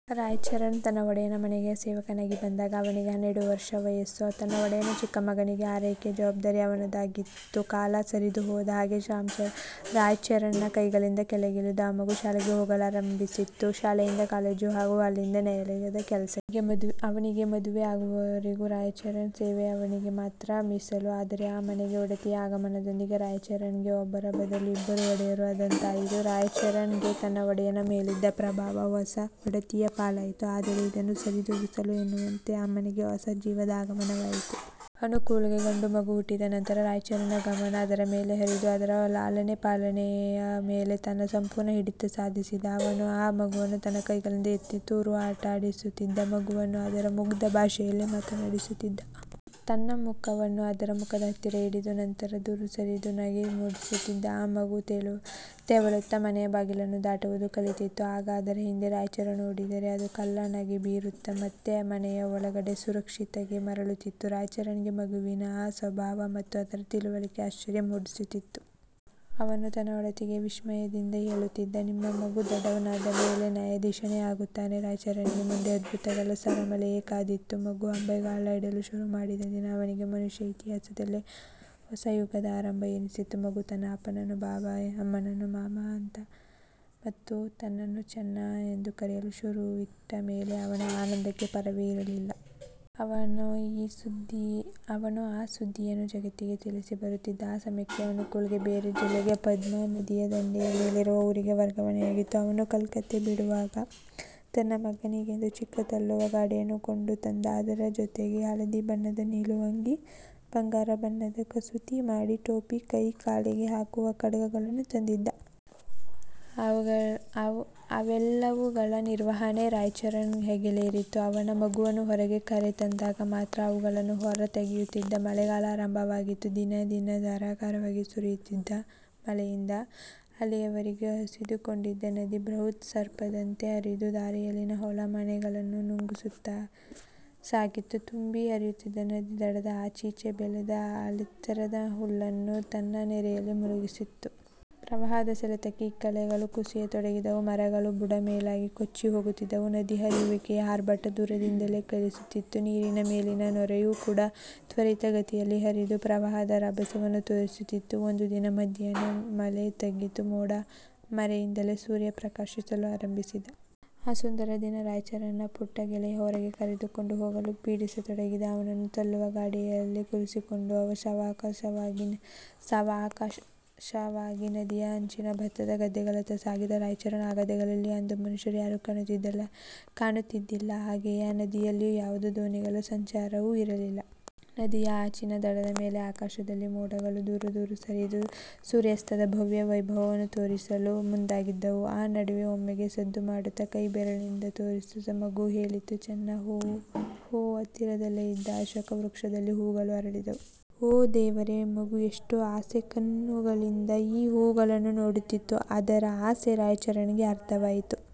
ರಾಯಚರಣ್ ತನ್ನ ಒಡೆಯನ ಮನೆಗೆ ಸೇವಕನಾಗಿ ಬಂದಾಗ, ಅವನಿಗೆ ಹನ್ನೆರಡು ವರ್ಷ ವಯಸ್ಸು. ತನ್ನ ಒಡೆಯನ ಚಿಕ್ಕ ಮಗುವಿನ ಆರೈಕೆಯ ಜವಾಬ್ದಾರಿ ಅವನದಾಗಿತ್ತು. ಕಾಲ ಸರಿದು ಹೋದ ಹಾಗೆ ರಾಯಚರಣ್ ನ ಕೈಗಳಿಂದ ಕೆಳಗಿಳಿದ ಆ ಮಗು ಶಾಲೆಗೆ ಹೋಗಲಾರಂಭಿಸಿತು. ಶಾಲೆಯಿಂದ ಕಾಲೇಜು ಹಾಗೂ ಅಲ್ಲಿಂದ ನ್ಯಾಯಾಲಯದ ಕೆಲಸಕ್ಕೆ. ಅವನಿಗೆ ಮದುವೆ ಆಗುವವರೆಗೂ ರಾಯಚರಣ್ ನ ಸೇವೆ ಅವನಿಗೆ ಮಾತ್ರ ಮೀಸಲು. ಆದರೆ ಆ ಮನೆಗೆ ಒಡತಿಯ ಆಗಮನದೊಂದಿಗೆ, ರಾಯಚರಣ್ ಗೆ ಒಬ್ಬರ ಬದಲು ಇಬ್ಬರು ಒಡೆಯರು ಆದಂತಾಯಿತು. ರಾಯಚರಣ್ ಗೆ ತನ್ನ ಒಡೆಯನ ಮೇಲಿದ್ದ ಪ್ರಭಾವ ಹೊಸ ಒಡತಿಯ ಪಾಲಾಯಿತು. ಆದರೆ ಇದನ್ನು ಸರಿದೂಗಿಸಲು ಎನ್ನುವಂತೆ, ಆ ಮನೆಗೆ ಹೊಸ ಜೀವದ ಆಗಮನವಾಯಿತು. ಅನುಕೂಲ್ ಗೆ ಗಂಡು ಮಗು ಹುಟ್ಟಿದ ನಂತರ, ರಾಯಚರಣ್ ನ ಗಮನ ಅದರ ಮೇಲೆ ಹರಿದು, ಅದರ ಲಾಲನೆ, ಪಾಲನೆಯ ಮೇಲೆ ತನ್ನ ಸಂಪೂರ್ಣ ಹಿಡಿತ ಸಾಧಿಸಿದ. ಅವನು ಆ ಮಗುವನ್ನು ತನ್ನ ಕೈಗಳಿಂದ ಎತ್ತಿ, ತೂರಿ ಆಟವಾಡಿಸುತ್ತಿದ್ದ. ಮಗುವನ್ನು ಅದರ ಮುಗ್ಧ ಭಾಷೆಯಲ್ಲೇ ಮಾತನಾಡಿಸುತ್ತಿದ್ದ. ತನ್ನ ಮುಖವನ್ನು ಅದರ ಮುಖದ ಹತ್ತಿರ ಹಿಡಿದು, ನಂತರ ದೂರ ಸರಿದು ನಗೆ ಮೂಡಿಸುತ್ತಿದ್ದ. ಆ ಮಗು ತೆವಳುತ್ತ ಮನೆಯ ಬಾಗಿಲನ್ನು ದಾಟುವುದು ಕಲಿತಿತ್ತು. ಆಗ ಅದರ ಹಿಂದೆ ರಾಯಚರಣ್ ಓಡಿದರೆ, ಅದು ಕಳ್ಳ ನಗೆ ಬೀರುತ್ತ ಮತ್ತೆ ಮನೆಯ ಒಳಗಡೆಯ ಸುರಕ್ಷತೆಗೆ ಮರಳುತ್ತಿತ್ತು. ರಾಯಚರಣ್ ಗೆ ಮಗುವಿನ ಈ ಸ್ವಭಾವ ಮತ್ತು ಅದರ ತಿಳುವಳಿಕೆ ಆಶ್ಚರ್ಯ ಮೂಡಿಸುತ್ತಿತ್ತು. ಅವನು ತನ್ನ ಒಡತಿಗೆ ವಿಸ್ಮಯದಿಂದ ಹೇಳುತ್ತಿದ್ದ "ನಿಮ್ಮ ಮಗು ದೊಡ್ಡವನಾದ ಮೇಲೆ ನ್ಯಾಯಾಧೀಶನೇ ಆಗುತ್ತಾನೆ! " ರಾಯಚರಣ್ ಗೆ ಮುಂದೆ ಅದ್ಭುತಗಳ ಸರಮಾಲೆಯೇ ಕಾದಿತ್ತು. ಮಗು ಅಂಬೆಗಾಲಿಡಲು ಶುರು ಮಾಡಿದ ದಿನ, ಅವನಿಗೆ ಮನುಷ್ಯ ಇತಿಹಾಸದಲ್ಲಿ ಹೊಸ ಯುಗದ ಆರಂಭ ಎನ್ನಿಸಿತ್ತು. ಮಗು ತನ್ನ ಅಪ್ಪನನ್ನು "ಬಾಬಾ", ಅಮ್ಮನನ್ನು "ಮಾಮಾ" ಮತ್ತು ತನ್ನನ್ನು "ಚನ್ನಾ" ಎಂದು ಕರೆಯಲು ಶುರುವಿಟ್ಟ ಮೇಲೆ ಅವನ ಆನಂದಕ್ಕೆ ಪಾರವೇ ಇರಲಿಲ್ಲ. ಅವನು ಆ ಸುದ್ದಿಯನ್ನು ಜಗತ್ತಿಗೇ ತಿಳಿಸಿ ಬರುತ್ತಿದ್ದ. ಆ ಸಮಯಕ್ಕೆ ಅನುಕೂಲ್ ಗೆ ಬೇರೆ ಜಿಲ್ಲೆಗೆ ಪದ್ಮ ನದಿಯದಂಡೆಯ ಮೇಲಿರುವ ಊರಿಗೆ ವರ್ಗಾವಣೆ ಆಗಿತ್ತು. ಅವನು ಕಲ್ಕತ್ತೆ ಬಿಡುವಾಗ, ತನ್ನ ಮಗನಿಗೆಂದು, ಚಿಕ್ಕ ತಳ್ಳುವ ಗಾಡಿಯನ್ನು ಕೊಂಡು ತಂದ. ಅದರ ಜೊತೆಗೆ ಹಳದಿ ಬಣ್ಣದ ನಿಲುವಂಗಿ, ಬಂಗಾರದ ಬಣ್ಣದಿಂದ ಕಸೂತಿ ಮಾಡಿದ ಟೋಪಿ, ಕೈ, ಕಾಲಿಗೆ ಹಾಕುವ ಕಡಗಗಳನ್ನೂ ತಂದಿದ್ದ. ಅವೆಲ್ಲವುಗಳ ನಿರ್ವಹಣೆ ರಾಯಚರಣ್ ಹೆಗಲೇರಿತು. ಅವನು ಮಗುವನ್ನು ಹೊರಗೆ ಕರೆ ತಂದಾಗ ಮಾತ್ರ ಅವುಗಳನ್ನು ಹೊರ ತೆಗೆಯುತ್ತಿದ್ದ. ಮಳೆಗಾಲ ಆರಂಭವಾಗಿತ್ತು. ದಿನೇ ದಿನೇ ಧಾರಾಕಾರವಾಗಿ ಸುರಿಯುತ್ತಿದ್ದ ಮಳೆಯಿಂದ, ಅಲ್ಲಿಯವೆರೆಗೆ ಹಸಿದುಕೊಂಡಿದ್ದ ನದಿ, ಬೃಹತ್ ಸರ್ಪದಂತೆ ಹರಿದು, ದಾರಿಯಲ್ಲಿನ ಹೊಲ, ಮನೆಗಳನ್ನು ನುಂಗುತ್ತಸಾಗಿತ್ತು. ತುಂಬಿ ಹರಿಯುತ್ತಿದ್ದ ನದಿ, ದಡದ ಆಚೀಚೆ ಬೆಳೆದ ಆಳೆತ್ತರದ ಹುಲ್ಲನ್ನು ತನ್ನ ನೆರೆಯಲ್ಲಿ ಮುಳುಗಿಸಿತ್ತು. ಪ್ರವಾಹದ ಸೆಳೆತಕ್ಕೆ ಇಕ್ಕೆಲಗಳು ಕುಸಿಯತೊಡಗಿದ್ದವು. ಮರಗಳು ಬುಡ ಮೇಲಾಗಿ ಕೊಚ್ಚಿ ಹೋಗುತ್ತಿದ್ದವು. ನದಿ ಹರಿಯುವಿಕೆಯ ಆರ್ಭಟ ದೂರದಿಂದಲೇ ಕೇಳಿಸುತ್ತಿತ್ತು. ನೀರಿನ ಮೇಲಿನ ನೊರೆಯೂ ಕೂಡ ತ್ವರಿತ ಗತಿಯಲ್ಲಿ ಹರಿದು, ಪ್ರವಾಹದ ರಭಸವನ್ನು ತೋರಿಸುತ್ತಿತ್ತು. ಒಂದು ದಿನ ಮಧ್ಯಾಹ್ನ ಮಳೆ ತಗ್ಗಿತು, ಮೋಡದ ಮರೆಯಿಂದಲೇ ಸೂರ್ಯ ಪ್ರಕಾಶಿಸಲು ಆರಂಭಿಸಿದ. ಆ ಸುಂದರ ದಿನ ರಾಯಚರಣ್ ನ ಪುಟ್ಟ ಗೆಳೆಯ ಹೊರಗೆ ಕರೆದುಕೊಂಡು ಹೋಗಲು ಪೀಡಿಸತೊಡಗಿದ. ಅವನನ್ನು ತಳ್ಳುವ ಗಾಡಿಯಲ್ಲಿ ಕುಳ್ಳಿರಿಸಿಕೊಂಡು, ಸಾವಕಾಶವಾಗಿ ನದಿಯ ಅಂಚಿನ ಭತ್ತದ ಗದ್ದೆಗಳತ್ತ ಸಾಗಿದ ರಾಯಚರಣ್. ಆ ಗದ್ದೆಗಳಲ್ಲಿ ಅಂದು ಮನುಷ್ಯರು ಯಾರು ಕಾಣುತ್ತಿದ್ದಿಲ್ಲ. ಹಾಗೆಯೇ ನದಿಯಲ್ಲಿಯೂ ಯಾವುದೇ ದೋಣಿಗಳ ಸಂಚಾರವೂ ಇರಲಿಲ್ಲ. ನದಿಯ ಆಚಿನ ದಡದ ಮೇಲೆ, ಆಕಾಶದಲ್ಲಿ ಮೋಡಗಳು ದೂರ ದೂರ ಸರಿದು, ಸೂರ್ಯಾಸ್ತದ ಭವ್ಯ ವೈಭವವನ್ನು ತೋರಿಸಲು ಮುಂದಾಗಿದ್ದವು. ಆ ನಡುವೆ, ಒಮ್ಮೆಗೆ ಸದ್ದು ಮಾಡುತ್ತ, ಕೈ ಬೆರಳಿನಿಂದ ತೋರಿಸುತ್ತ ಮಗು ಹೇಳಿತು "ಚ-ನ್ನಾ, ಹೂ! " ಹತ್ತಿರದಲ್ಲೆ ಇದ್ದ ಅಶೋಕ ವೃಕ್ಷದಲ್ಲಿ ಹೂಗಳು ಅರಳಿದ್ದವು. ಓ ದೇವರೇ, ಮಗು ಎಷ್ಟು ಆಸೆ ಕಣ್ಣುಗಳಿಂದ ಆ ಹೂಗಳನ್ನು ನೋಡುತ್ತಿತ್ತು. ಅದರ ಆಸೆ ರಾಯಚರಣ್ ಗೆ ಅರ್ಥ ಆಯಿತು.